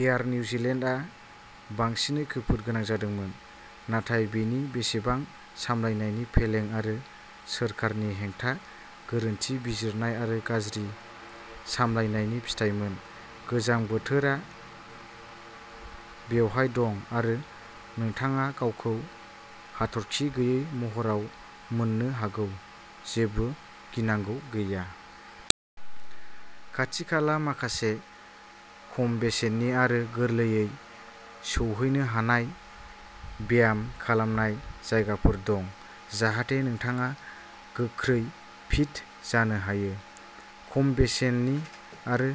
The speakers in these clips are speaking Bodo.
एयार निउजिलेन्डआ बांसिनै खैफोद गोनां जादोंमोन। नाथाय बेनि बेसेबां सामलायनायनि फेलें आरो सोरखारनि हेंथा, गोरोन्थि बिजिरनाय आरो गाज्रि सामलायनायनि फिथायमोन? गोजां बोथोरा बेवहाय दं आरो नोंथाङा गावखौ हाथरखि गैयै महराव मोननो हागौ। जेबो गिनांगौ गैया। खाथिखाला माखासे खम बेसेननि आरो गोरलैयै सौहैनो हानाय ब्याम खालामनाय जायगाफोर दं, जाहाथे नोंथाङा गोख्रै फिट जानो हायो। खम बेसेननि आरो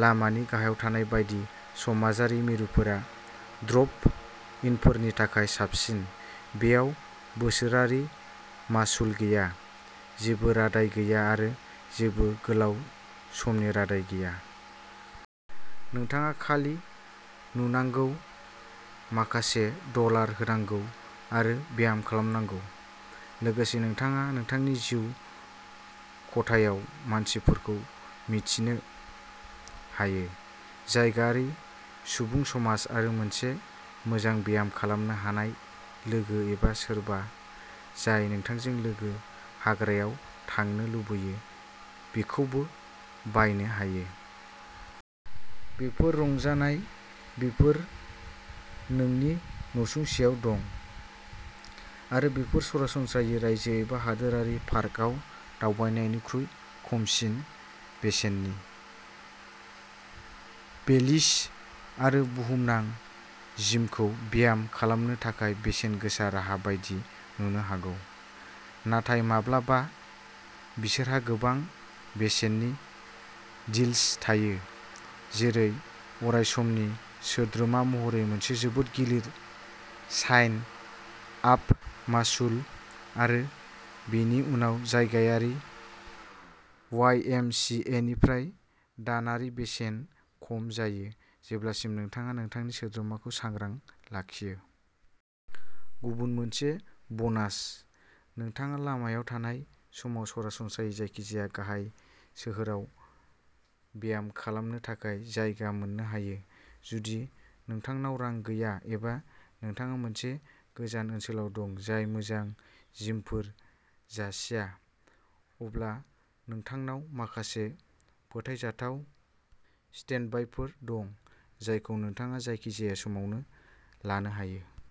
लामानि गाहायाव थानाय बायदि, समाजारि मिरुफोरा ड्रप-इनफोरनि थाखाय साबसिन। बेयाव बोसोरारि मासुल गैया, जेबो रादाय गैया आरो जेबो गोलाव समनि रादाय गैया। नोंथाङा खालि नुनांगौ, माखासे डलार होनांगौ आरो ब्याम खालामनांगौ। लोगोसे नोंथाङा नोंथांनि जिउ खथायाव मानसिफोरखौ मिन्थिनो हायो। जायगायारि सुबुं समाज आरो मोनसे मोजां ब्याम खालामनो हानाय लोगो एबा सोरबा जाय नोंथांजों लोगोसे हाग्रायाव थांनो लुबैयो, बिखौबो बायनो हायो। बेफोर रंजानाय, बेफोर नोंनि नसुंसेआव दं आरो बेफोर सरासनस्रायै रायजो एबा हादोरारि पार्कआव दावबायनायनिख्रुइ खमसिन बेसेननि। बेलिस आरो बुहुमनां जिमखौ ब्याम खालामनो थाखाय बेसेन गोसा राहा बायदि नुनो हागौ, नाथाय माब्लाबा बिसोरहा गोबां बेसेननि डील्स थायो, जेरै अरायसमनि सोद्रोमा महरै मोनसे जोबोद गिलिर साइन-आप मासुल आरो बेनि उनाव जायगायारि वाइएमसिएनिफ्राय दानारि बेसेन खम जायो, जेब्लासिम नोंथाङा नोंथांनि सोद्रोमाखौ सांग्रां लाखियो। गुबुन मोनसे ब'नास। नोंथाङा लामायाव थानाय समाव सरासनस्रायै जायखिजाया गाहाय सोहोराव ब्याम खालामनो थाखाय जायगा मोन्नो हायो। जुदि नोंथांनाव रां गैया एबा नोंथाङा मोनसे गोजान ओनसोलाव दं जाय मोजां जिमफोर जासिया, अब्ला नोंथांनाव माखासे फोथायजाथाव स्टेन्डबायफोर दं जायखौ नोंथाङा जायखिजाया समावनो लानो हायो।